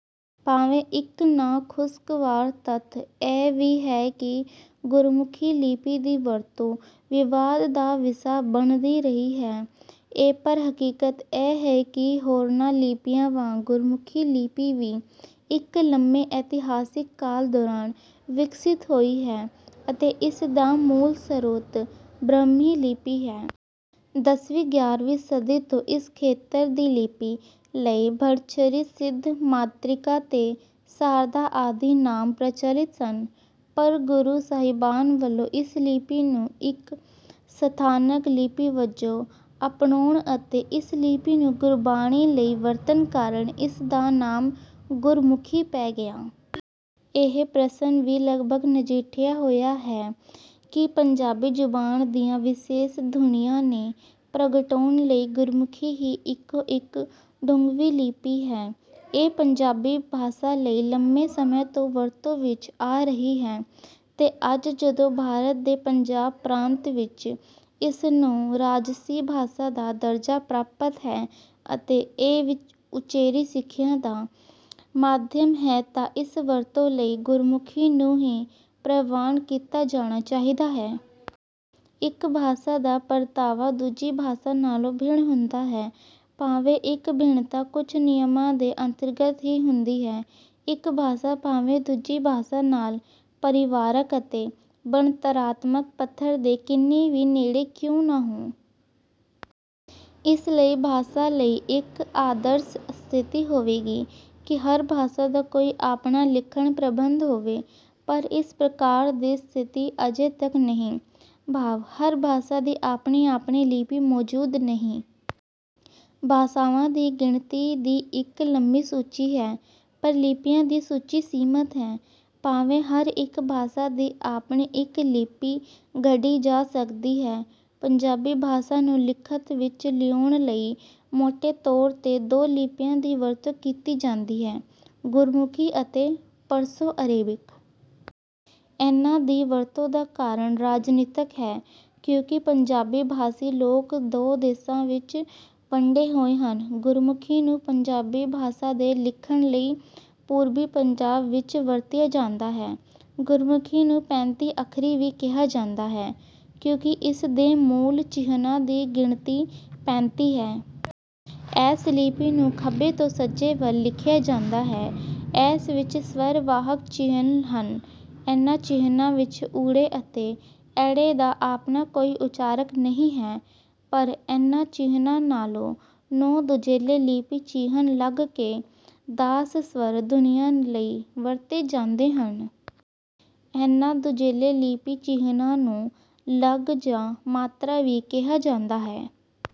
ਭਾਵੇਂ ਇੱਕ ਨਾ-ਖ਼ੁਸ਼ਗਵਾਰ ਤੱਥ ਇਹ ਵੀ ਹੈ ਕਿ ਗੁਰਮੁਖੀ ਲਿਪੀ ਦੀ ਵਰਤੋਂ ਵਿਵਾਦ ਦਾ ਵਿਸ਼ਾ ਬਣਦੀ ਰਹੀ ਹੈ, ਐਪਰ ਹਕੀਕਤ ਇਹ ਹੈ ਕਿ ਹੋਰਨਾਂ ਲਿਪੀਆਂ ਵਾਂਗ ਗੁਰਮੁਖੀ ਲਿਪੀ ਵੀ ਇੱਕ ਲੰਮੇ ਇਤਿਹਾਸਿਕ ਕਾਲ ਦੌਰਾਨ ਵਿਕਸਿਤ ਹੋਈ ਹੈ, ਅਤੇ ਇਸ ਦਾ ਮੂਲ ਸਰੋਤ ਬ੍ਰਹਮੀ ਲਿਪੀ ਹੈ। ਦਸਵੀਂ- ਗਿਆਰਵੀਂ ਸਦੀ ਤੋਂ ਇਸ ਖੇਤਰ ਦੀ ਲਿਪੀ ਲਈ ਭੱਟਛਰੀ, ਸਿੱਧ ਮਾਤ੍ਰਿਕਾ ਤੇ ਸ਼ਾਰਦਾ ਆਦਿ ਨਾਮ ਪ੍ਰਚਲਿਤ ਸਨ, ਪਰ ਗੁਰੂ ਸਾਹਿਬਾਨ ਵੱਲੋਂ ਇਸ ਲਿਪੀ ਨੂੰ ਇੱਕ ਸਥਾਨਕ ਲਿਪੀ ਵਜੋਂ ਅਪਣਾਉਣ ਅਤੇ ਇਸ ਲਿਪੀ ਨੂੰ ਗੁਰਬਾਣੀ ਲਈ ਵਰਤਣ ਕਾਰਨ, ਇਸ ਦਾ ਨਾਮ ਗੁਰਮੁਖੀ ਪੈ ਗਿਆ। ਇਹ ਪ੍ਰਸ਼ਨ ਵੀ ਲਗਪਗ ਨਜਿੱਠਿਆ ਹੋਇਆ ਹੈ ਕਿ ਪੰਜਾਬੀ ਜ਼ੁਬਾਨ ਦੀਆਂ ਵਿਸ਼ੇਸ਼ ਧੁਨੀਆਂ ਦੇ ਪ੍ਰਗਟਾਉਣ ਲਈ ਗੁਰਮੁਖੀ ਹੀ ਇੱਕੋ-ਇੱਕ ਢੁੱਕਵੀਂ ਲਿਪੀ ਹੈ। ਇਹ ਲਿਪੀ ਪੰਜਾਬੀ ਭਾਸ਼ਾ ਲਈ ਲੰਮੇ ਸਮੇਂ ਤੋਂ ਵਰਤੋਂ ਵਿੱਚ ਆ ਰਹੀ ਹੈ ਤੇ ਅੱਜ ਜਦੋਂ ਭਾਰਤ ਦੇ ਪੰਜਾਬ ਪ੍ਰਾਂਤ ਵਿੱਚ ਇਸ ਨੂੰ ਰਾਜਸੀ ਭਾਸ਼ਾ ਦਾ ਦਰਜਾ ਪ੍ਰਾਪਤ ਹੈ ਅਤੇ ਇਹ ਉਚੇਰੀ ਸਿੱਖਿਆ ਦਾ ਮਾਧਿਅਮ ਹੈ ਤਾਂ ਇਸ ਵਰਤੋਂ ਲਈ ਗੁਰਮੁਖੀ ਨੂੰ ਹੀ ਪ੍ਰਵਾਨ ਕੀਤਾ ਜਾਣਾ ਚਾਹੀਦਾ ਹੈ। ਇੱਕ ਭਾਸ਼ਾ ਦਾ ਵਰਤਾਰਾ ਦੂਜੀ ਭਾਸ਼ਾ ਨਾਲੋਂ ਭਿੰਨ ਹੁੰਦਾ ਹੈ। ਭਾਵੇਂ ਇਹ ਭਿੰਨਤਾ ਕੁਝ ਨਿਯਮਾਂ ਦੇ ਅੰਤਰਗਤ ਹੀ ਹੁੰਦੀ ਹੈ, ਇੱਕ ਭਾਸ਼ਾ ਭਾਵੇਂ ਦੂਜੀ ਭਾਸ਼ਾ ਨਾਲ ਪਰਿਵਾਰਕ ਅਤੇ ਬਣਤਰਾਤਮਕ ਪੱਧਰ 'ਤੇ ਕਿੰਨੀ ਵੀ ਨੇੜੇ ਕਿਉਂ ਨਾ ਹੋਵੇ। ਇਸ ਲਈ ਭਾਸ਼ਾ ਲਈ ਇਹ ਇੱਕ ਆਦਰਸ਼ਕ ਸਥਿਤੀ ਹੋਵੇਗੀ ਕਿ ਹਰ ਭਾਸ਼ਾ ਦਾ ਕੋਈ ਆਪਣਾ ਲਿਖਣ-ਪ੍ਰਬੰਧ ਹੋਵੇ, ਪਰ ਇਸ ਪ੍ਰਕਾਰ ਦੀ ਸਥਿਤੀ ਅਜੇ ਤੱਕ ਨਹੀਂ, ਭਾਵ, ਹਰ ਭਾਸ਼ਾ ਦੀ ਆਪਣੀ-ਆਪਣੀ ਲਿਪੀ ਮੌਜੂਦ ਨਹੀਂ। ਭਾਸ਼ਾਵਾਂ ਦੀ ਗਿਣਤੀ ਦੀ ਇੱਕ ਲੰਬੀ ਸੂਚੀ ਹੈ, ਪਰ ਲਿਪੀਆਂ ਦੀ ਸੂਚੀ ਸੀਮਤ ਹੈ। ਭਾਵੇਂ ਹਰ ਇੱਕ ਭਾਸ਼ਾ ਦੀ ਆਪਣੀ ਇੱਕ ਲਿਪੀ ਘੜੀ ਜਾ ਸਕਦੀ ਹੈ। ਪੰਜਾਬੀ ਭਾਸ਼ਾ ਨੂੰ ਲਿਖਤ ਵਿੱਚ ਲਿਆਉਣ ਲਈ ਮੋਟੇ ਤੌਰ 'ਤੇ ਦੋ ਲਿਪੀਆਂ ਦੀ ਵਰਤੋਂ ਕੀਤੀ ਜਾਂਦੀ ਹੈ: ਗੁਰਮੁਖੀ ਅਤੇ ਪਰਸ਼ੋ-ਅਰੈਬਿਕ। ਇਨ੍ਹਾਂ ਦੀ ਵਰਤੋਂ ਦਾ ਕਾਰਨ ਰਾਜਨੀਤਕ ਹੈ, ਕਿਉਂਕਿ ਪੰਜਾਬੀ ਭਾਸ਼ੀ ਲੋਕ ਦੋ ਦੇਸ਼ਾਂ ਵਿੱਚ ਵੰਡੇ ਹੋਏ ਹਨ। ਗੁਰਮੁਖੀ ਨੂੰ ਪੰਜਾਬੀ ਭਾਸ਼ਾ ਦੇ ਲਿਖਣ ਲਈ ਪੂਰਬੀ ਪੰਜਾਬ ਵਿੱਚ ਵਰਤਿਆ ਜਾਂਦਾ ਹੈ। ਗੁਰਮੁਖੀ ਨੂੰ ਪੈਂਤੀ ਅੱਖਰੀ ਵੀ ਕਿਹਾ ਜਾਂਦਾ ਹੈ, ਕਿਉਂਕਿ ਇਸ ਦੇ ਮੂਲ ਚਿੰਨ੍ਹਾਂ ਦੀ ਗਿਣਤੀ ਪੈਂਤੀ ਹੈ। ਇਸ ਲਿਪੀ ਨੂੰ ਖੱਬੇ ਤੋਂ ਸੱਜੇ ਵੱਲ ਲਿਖਿਆ ਜਾਂਦਾ ਹੈ। ਇਸ ਵਿੱਚ ਸ੍ਵਰ-ਵਾਹਕ ਚਿੰਨ੍ਹ ਹਨ। ਇਨ੍ਹਾਂ ਚਿੰਨ੍ਹਾਂ ਵਿੱਚ 'ੳ' ਅਤੇ 'ੲ' ਦਾ ਆਪਣਾ ਕੋਈ ਉਚਾਰਕ ਨਹੀਂ ਹੈ, ਪਰ ਇਨ੍ਹਾਂ ਚਿੰਨ੍ਹਾਂ ਨਾਲ ਨੌਂ ਦੂਜੈਲੇ ਲਿਪੀ ਚਿੰਨ੍ਹ ਲੱਗ ਕੇ ਦਾਸ ਸ੍ਵਰ ਧੁਨੀਆਂ ਲਈ ਵਰਤੇ ਜਾਂਦੇ ਹਨ। ਇਨ੍ਹਾਂ ਦੂਜੈਲੇ ਲਿਪੀ ਚਿੰਨ੍ਹਾਂ ਨੂੰ ਲਗ ਜਾਂ ਮਾਤਰਾ ਵੀ ਕਿਹਾ ਜਾਂਦਾ ਹੈ।